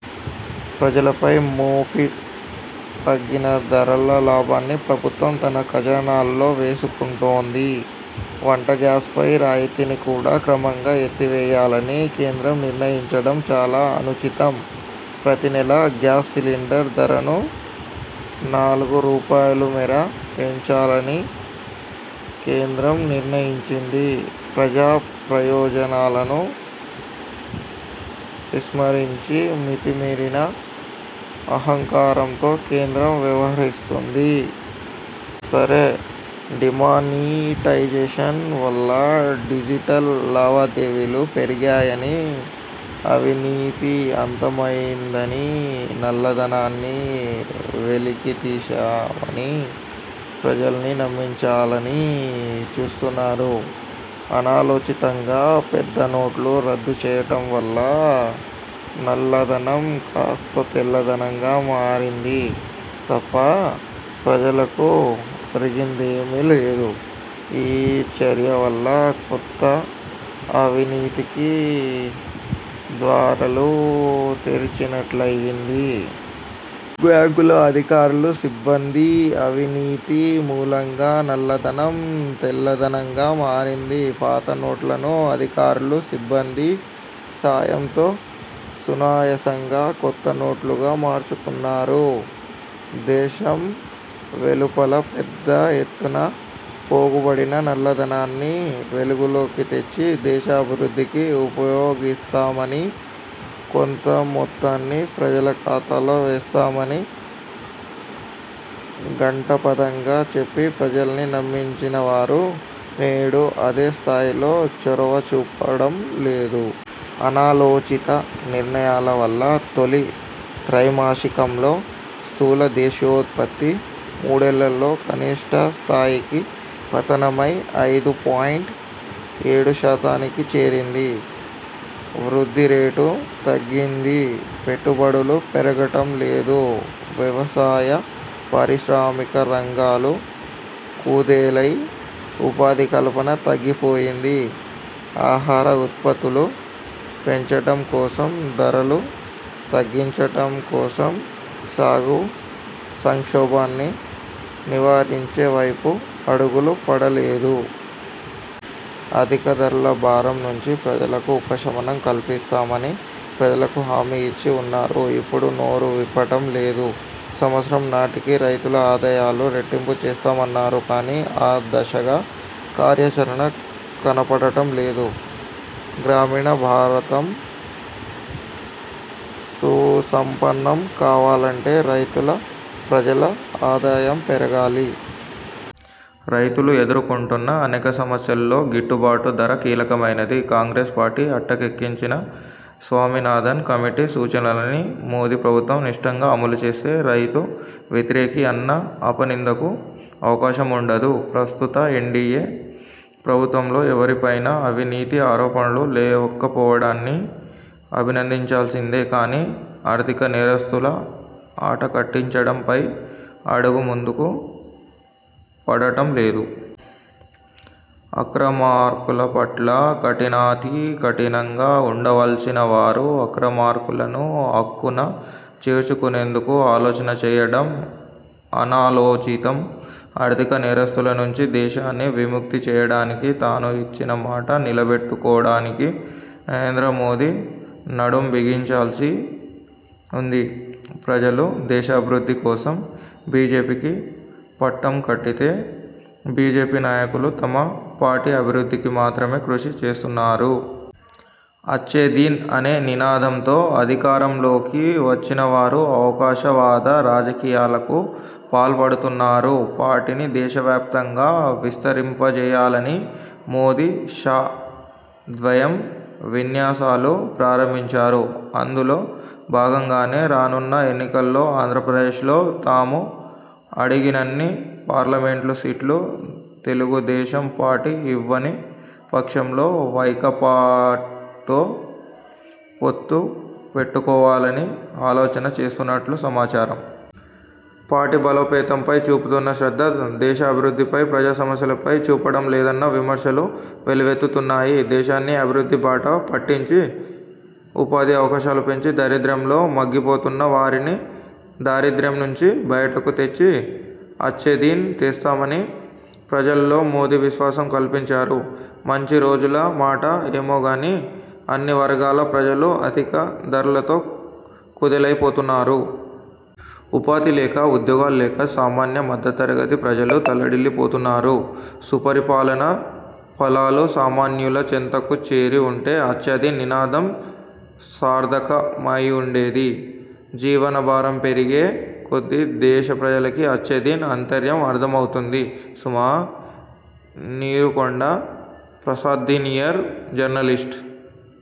ప్రజలపై మోపి తగ్గిన ధరల లాభాన్ని ప్రభుత్వం తన ఖజానాలో వేసుకొంటుంది. వంట గ్యాస్పై రాయితీని కూడా క్రమంగా ఎత్తివేయాలని కేంద్రం నిర్ణయించడం చాలా అనుచితం. ప్రతినెలా గ్యాస్ సిలెండర్ ధరను నాలుగు రూపాయలుమేర పెంచాలని కేంద్రం నిర్ణయించింది. ప్రజాప్రయోజనాలను విస్మరించి మితిమీరిన అహంకారంతో కేంద్రం వ్యవహరిస్తోంది. సరే, డిమానిటైజేషన్ వల్ల డిజిటల్ లావాదేవీలు పెరిగాయని అవినీతి అంతమైందని నల్లధనాన్ని వెలికి తీశామని ప్రజల్ని నమ్మించాలని చూస్తున్నారు. అనాలోచితంగా పెద్ద నోట్లు రద్దు చేయడం వల్ల నల్లధనం కాస్త తెల్లధనంగా మారింది తప్ప ప్రజలకు ఒరిగిందేమీ లేదు. ఈ చర్య వల్ల కొత్త అవినీతికి ద్వారాలు తెరిచినట్లయింది. బ్యాంకుల అధికారులు, సిబ్బంది అవినీతి మూలంగా నల్లధనం తెల్లధనంగా మారింది. పాతనోట్లను అధికారులు సిబ్బంది సాయంతో సునాయాసంగా కొత్త నోట్లుగా మార్చుకున్నారు. దేశం వెలుపల పెద్ద ఎత్తున పోగుబడిన నల్లధనాన్ని వెలుగులోకి తెచ్చి దేశాభివృద్ధికి ఉపయోగిస్తామని, కొంత మొత్తాన్ని ప్రజల ఖాతాల్లో వేస్తామని ఘంటాపథంగా చెప్పి ప్రజల్ని నమ్మించినవారు నేడు అదే స్థాయిలో చొరవ చూపడంలేదు. అనాలోచిత నిర్ణయాల వల్ల తొలి త్రైమాసికంలో స్థూల దేశీయోత్పత్తి మూడేళ్ళలో కనిష్ఠ స్థాయికి పతనమై ఐదు పాయింట్ ఏడుశాతానికి చేరింది. వృద్ధిరేటు తగ్గింది. పెట్టుబడులు పెరగటంలేదు. వ్యవసాయ, పారిశ్రామిక రంగాలు కుదేలై ఉపాధి కల్పన తగ్గిపోయింది. ఆహార ఉత్పత్తులు పెంచడం కోసం, ధరలు తగ్గించడం కోసం సాగు సంక్షోభాన్ని నివారించే వైపు అడుగులు పడలేదు. అధిక ధరల భారం నుంచి ప్రజలకు ఉపశమనం కల్పిస్తామని ప్రజలకు హామీ ఇచ్చి ఉన్నారు. ఇప్పుడు నోరు విప్పడం లేదు. సంవత్సరం నాటికి రైతుల ఆదాయాలు రెట్టింపు చేస్తామన్నారు. కానీ ఆ దశగా కార్యాచరణ కనపడటంలేదు. గ్రామీణ భారతం సుసంపన్నం కావాలంటే రైతుల, ప్రజల ఆదాయం పెరగాలి. రైతులు ఎదుర్కొంటున్న అనేక సమస్యల్లో గిట్టుబాటు ధర కీలకమైనది. కాంగ్రెస్ పార్టీ అటకెక్కించిన స్వామినాథన్ కమిటీ సూచనలని మోదీ ప్రభుత్వం నిష్ఠగా అమలుచేస్తే రైతు వ్యతిరేకి అన్న అపనిందకు అవకాశముండదు. ప్రస్తుత ఎన్డీఏ ప్రభుత్వంలో ఎవరిపైనా అవినీతి ఆరోపణలు లేకపోవడాన్ని అభినందించాల్సిందే. కానీ ఆర్థికనేరస్థుల ఆటకట్టించడంపై అడుగు ముందుకు పడటంలేదు. అక్రమార్కులపట్ల కఠినాతి కఠినంగా ఉండవలసినవారు అక్రమార్కులను అక్కున చేర్చుకునేందుకు ఆలోచన చేయడం అనాలోచితం. ఆర్థిక నేరస్థుల నుంచి దేశాన్ని విముక్తి చేయడానికి తాను ఇచ్చిన మాట నిలబెట్టుకోవడానికి నరేంద్ర మోదీ నడుం బిగించాల్సి ఉంది. ప్రజలు దేశాభివృద్ధి కోసం బీజేపీకి పట్టం కడితే బీజేపీ నాయకులు తమ పార్టీ అభివృద్ధికి మాత్రమే కృషి చేస్తున్నారు! అచ్చేదిన్ అనే నినాదంతో అధికారంలోకి వచ్చినవారు అవకాశవాద రాజకీయాలకు పాల్పడుతున్నారు. పార్టీని దేశవ్యాప్తంగా విస్తరింపజేయాలని మోదీ, షా ద్వయం విన్యాసాలు ప్రారంభించారు. అందులో బాగంగానే రానున్న ఎన్నికల్లో ఆంధ్రప్రదేశ్లో తాము అడిగినన్ని పార్లమెంటు సీట్లు తెలుగుదేశం పార్టీ ఇవ్వని పక్షంలో వైకాపాతో పొత్తు పెట్టుకోవాలని ఆలోచన చేస్తున్నట్లు సమాచారం. పార్టీ బలోపేతంపై చూపుతున్న శ్రద్ధ దేశాభివృద్ధిపై, ప్రజా సమస్యలపై చూపడంలేదన్న విమర్శలు వెల్లువెత్తుతున్నాయి. దేశాన్ని అభివృద్ది బాట పట్టించి ఉపాధి అవకాశాలు పెంచి దారిద్ర్యంలో మగ్గిపోతున్న వారిని, దారిద్ర్యం నుంచి బయటకు తెచ్చి అచ్చేదిన్ తెస్తామని ప్రజల్లో మోదీ విశ్వాసం కల్పించారు. మంచి రోజుల మాట ఏమో గాని అన్ని వర్గాల ప్రజలు అధిక ధరలతో కుదేలైపోతున్నారు. ఉపాధి లేక, ఉద్యోగాలు లేక సామాన్య, మధ్యతరగతి ప్రజలు తల్లడిల్లిపోతున్నారు. సుపరిపాలనా ఫలాలు సామాన్యుల చెంతకు చేరి ఉంటే అచ్చేదిన్ నినాదం సార్థకమైవుండేది. జీవన భారం పెరిగే కొద్ది దేశ ప్రజలకి అచ్చేదిన్ ఆంతర్యం అర్థమవుతుంది సుమా! నీరుకొండ ప్రసాద్సీనియర్ జర్నలిస్టు